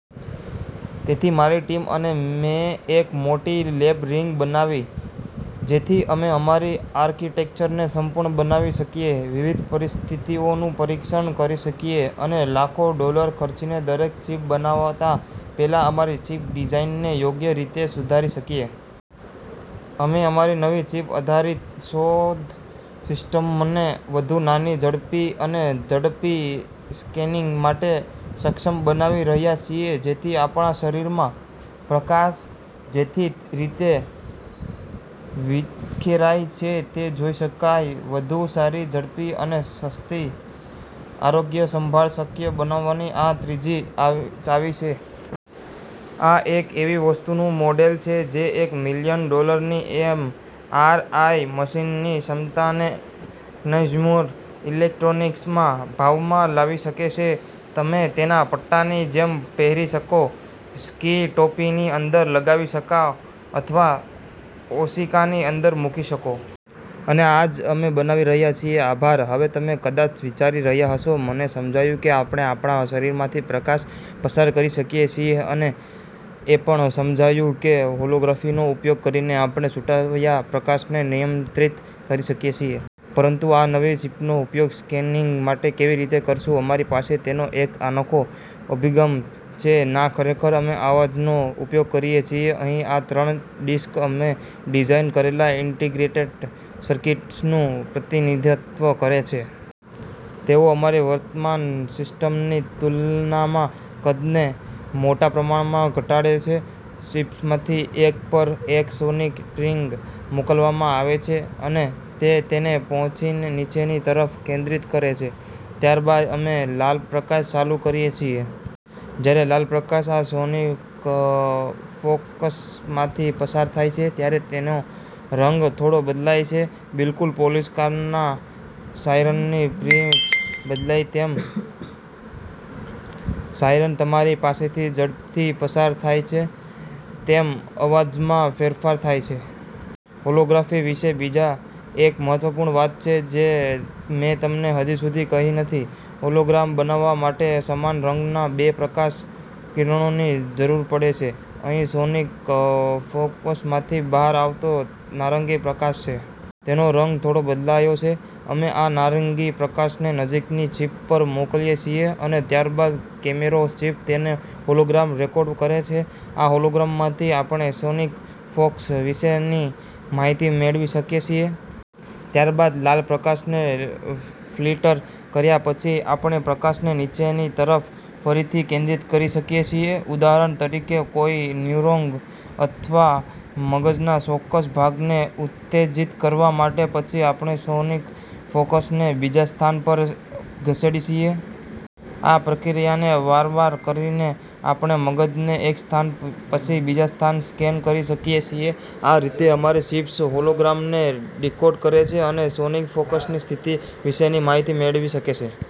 તેથી મારી ટીમ અને મેં એક મોટી લેબ રિગ બનાવી, જેથી અમે અમારી આર્કિટેક્ચરને સંપૂર્ણ બનાવી શકીએ, વિવિધ પરિસ્થિતિઓનું પરીક્ષણ કરી શકીએ અને લાખો ડોલર ખર્ચીને દરેક ચિપ બનાવતાં પહેલાં અમારી ચિપ ડિઝાઇનને યોગ્ય રીતે સુધારી શકીએ. અમે અમારી નવી ચિપ-આધારિત શોધ સિસ્ટમને વધુ નાની, ઝડપી અને ઝડપી સ્કેનિંગ માટે સક્ષમ બનાવી રહ્યા છીએ, જેથી આપણા શરીરમાં પ્રકાશ કેવી રીતે વિખેરાય છે તે જોઈ શકાય. વધુ સારી, ઝડપી અને સસ્તી આરોગ્યસંભાળ શક્ય બનાવવાની આ ત્રીજી ચાવી છે. આ એક એવી વસ્તુનું મોડેલ છે જે એક મિલિયન ડોલરની એમ આર આઈ મશીનની ક્ષમતાને કન્ઝ્યુમર ઇલેક્ટ્રોનિક્સના ભાવમાં લાવી શકે છે. તમે તેને પટ્ટાની જેમ પહેરી શકો, સ્કી ટોપીની અંદર લગાવી શકો અથવા ઓશીકાની અંદર મૂકી શકો. અને આ જ અમે બનાવી રહ્યા છીએ. આભાર! હવે તમે કદાચ વિચારી રહ્યા હશો, “મને સમજાયું કે આપણે આપણા શરીરમાંથી પ્રકાશ પસાર કરી શકીએ છીએ. મને એ પણ સમજાયું કે હોલોગ્રાફીનો ઉપયોગ કરીને આપણે છૂટાછવાયા પ્રકાશને નિયંત્રિત કરી શકીએ છીએ. પરંતુ આ નવી ચિપનો ઉપયોગ સ્કેનિંગ માટે કેવી રીતે કરીશું?” અમારી પાસે તેનો એક અનોખો અભિગમ છે. ના, ખરેખર, અમે અવાજનો ઉપયોગ કરીએ છીએ. અહીં આ ત્રણ ડિસ્ક અમે ડિઝાઇન કરેલા ઇન્ટિગ્રેટેડ સર્કિટ્સનું પ્રતિનિધિત્વ કરે છે. તેઓ અમારી વર્તમાન સિસ્ટમની તુલનામાં કદને મોટા પ્રમાણમાં ઘટાડે છે. ચિપ્સમાંથી એક પર એક સોનિક પિંગ મોકલવામાં આવે છે અને તે તેને નીચેની તરફ કેન્દ્રિત કરે છે. ત્યારબાદ અમે લાલ પ્રકાશ ચાલુ કરીએ છીએ. જ્યારે લાલ પ્રકાશ આ સોનિક ફોકસમાંથી પસાર થાય છે, ત્યારે તેનો રંગ થોડો બદલાય છે, બિલકુલ પોલીસ કારના સાયરનની પિચ બદલાય તેમ. જેમ સાયરન તમારી પાસેથી ઝડપથી પસાર થાય છે, તેમ અવાજમાં ફેરફાર થાય છે. હોલોગ્રાફી વિશે બીજી એક મહત્વપૂર્ણ વાત છે જે મેં તમને હજી સુધી કહી નથી. હોલોગ્રામ બનાવવા માટે સમાન રંગના બે પ્રકાશ કિરણોની જરૂર પડે છે. અહીં સોનિક ફોકસમાંથી બહાર આવતો નારંગી પ્રકાશ છે. તેનો રંગ થોડો બદલાયો છે. અમે આ નારંગી પ્રકાશને નજીકની ચિપ પર મોકલીએ છીએ અને ત્યારબાદ કેમેરા ચિપ તેનો હોલોગ્રામ રેકોર્ડ કરે છે. આ હોલોગ્રામમાંથી આપણે સોનિક ફોકસ વિશેની માહિતી મેળવી શકીએ છીએ. ત્યારબાદ, લાલ પ્રકાશને ફિલ્ટર કર્યા પછી, આપણે પ્રકાશને નીચેની તરફ ફરીથી કેન્દ્રિત કરી શકીએ છીએ, ઉદાહરણ તરીકે, કોઈ ન્યુરોન અથવા મગજના ચોક્કસ ભાગને ઉત્તેજિત કરવા માટે પછી આપણે સોનિક ફોકસને બીજા સ્થાન પર ખસેડીએ છીએ. આ પ્રક્રિયાને વારંવાર કરીને આપણે મગજને એક સ્થાન પછી બીજા સ્થાને સ્કેન કરી શકીએ છીએ. આ રીતે અમારી ચિપ્સ હોલોગ્રામને ડિકોડ કરે છે અને સોનિક ફોકસની સ્થિતિ વિશેની માહિતી મેળવી શકે છે.